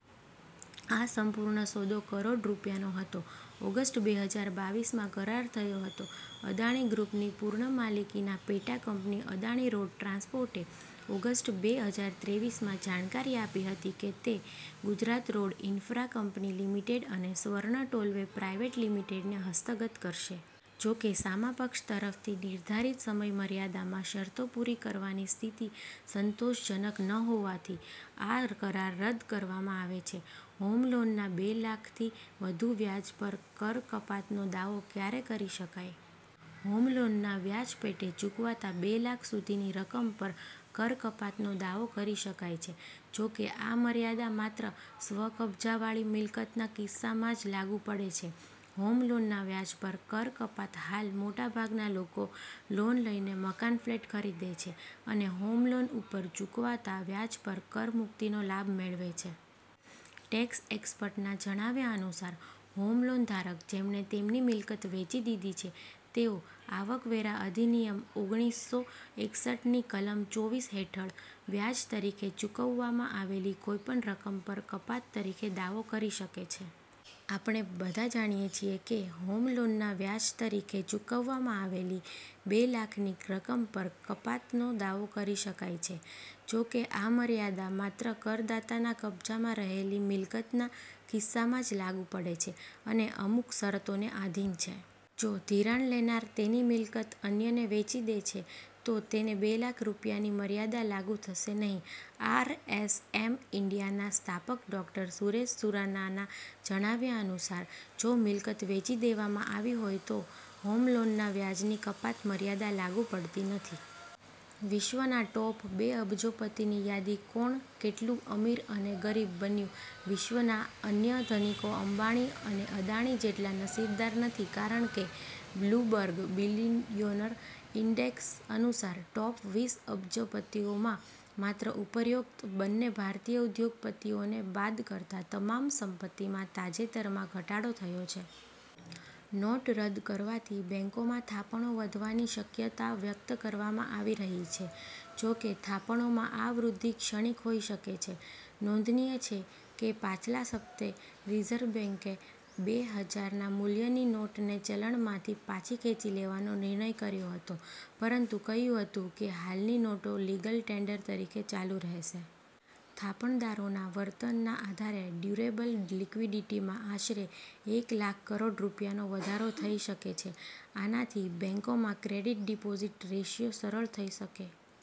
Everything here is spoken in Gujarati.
આ સંપૂર્ણ સોદો કરોડ રૂપિયાનો હતો. ઓગસ્ટ બે હજાર બાવીસમાં કરાર થયો હતો. અદાણી ગ્રૂપની પૂર્ણમાલિકીની પેટા કંપની અદાણી રોડ ટ્રાન્સપોર્ટે ઓગસ્ટ બે હજાર ત્રેવીસમાં જાણકારી આપી હતી કે, તે Gujarat road infra company limited અને સ્વર્ણ ટોલવે પ્રાઇવેટ લિમિટેડ ને હસ્તગત કરશે. જો કે સામા પક્ષ તરફથી નિર્ધારિત સમયમર્યાદામાં શરતો પૂરી કરવાની સ્થિતિ સંતોષજનક ન હોવાથી આ કરાર રદ કરવામાં આવે છે. હોમ લોનના બે લાખથી વધુના વ્યાજ પર કર કપાતનો દાવો ક્યારે કરી શકાય? હોમ લોનના વ્યાજ પેટે ચૂકવાતા બે લાખ સુધીની રકમ પર કર કપાતનો દાવો કરી શકાય છે. જો કે, આ મર્યાદા માત્ર સ્વ-કબજાવાળી મિલકતના કિસ્સામાં જ લાગુ પડે છે. હોમ લોનના વ્યાજ પર કર કપાત હાલ મોટાભાગના લોકો લોન લઇને મકાન-ફ્લેટ ખરીદે છે અને હોમ લોન ઉપર ચૂકવાતા વ્યાજ પર કરમુક્તિનો લાભ મેળવે છે. ટેક્સ એક્સપર્ટ્સના જણાવ્યા અનુસાર હોમ લોનધારક જેમણે તેમની મિલકત વેચી દીધી છે, તેઓ આવકવેરા અધિનિયમ ઓગણીસસો એકસઠની કલમ ચોવીસ હેઠળ વ્યાજ તરીકે ચૂકવવામાં આવેલી કોઈપણ રકમ પર કપાત તરીકે દાવો કરી શકે છે. આપણે બધા જાણીયે છે કે, હોમ લોનના વ્યાજ તરીકે ચૂકવવામાં આવેલી બે લાખની રકમ પર કપાતનો દાવો કરી શકાય છે. જો કે આ મર્યાદા માત્ર કરદાતાના કબજામાં રહેલી મિલકતના કિસ્સામાં જ લાગુ પડે છે અને અમુક શરતોને આધીન છે. જો ધિરાણ લેનાર તેની મિલકત અન્યને વેચી દે છે, તો તેને બે લાખ રૂપિયાની મર્યાદા લાગુ થશે નહીં. આરએસએમ ઈન્ડિયાના સ્થાપક ડોક્ટર સુરેશ સુરાનાના જણાવ્યા અનુસાર, જો મિલ્કત વેચી દેવામાં આવી હોય તો હોમ લોનના વ્યાજની કપાત મર્યાદા લાગુ પડતી નથી. વિશ્વના ટોપ-બે અબજોપતિની યાદી, કોણ કેટલુ અમીર અને ગરીબ બન્યું વિશ્વના અન્ય ધનિકો અંબાણી અને અદાણી જેટલા નસીબદાર નથી કારણ કે બ્લુબર્ગ બિલિયોનર ઇન્ડેક્સ અનુસાર ટોપ-વીસ અબજોપતિઓમાં માત્ર ઉપરોક્ત બંને ભારતીય ઉદ્યોગપતિઓને બાદ કરતા તમામની સંપત્તિમાં તાજેતરમાં ઘટાડો થયો છે. નોટ રદ કરવાથી બેંકોમાં થાપણો વધવાની શક્યતા વ્યક્ત કરવામાં આવી રહી છે. જો કે થાપણોમાં આ વૃદ્ધિ ક્ષણિક હોઈ શકે છે. નોંધનિય છે કે, પાછલા સપ્તાહે રિઝર્વ બેંકે બે હજારના મૂલ્યની નોટને ચલણમાંથી પાછી ખેંચી લેવાનો નિર્ણય કર્યો હતો પરંતુ કહ્યું હતું કે હાલની નોટો લીગલ ટેન્ડર તરીકે ચાલુ રહેશે. થાપણદારોના વર્તનના આધારે ડ્યુરેબલ લિક્વિડિટીમાં આશરે એક લાખ કરોડ રૂપિયાનો વધારો થઈ શકે છે. આનાથી બેંકોમાં ક્રેડિટ-ડિપોઝીટ રેશિયો સરળ થઇ શકે.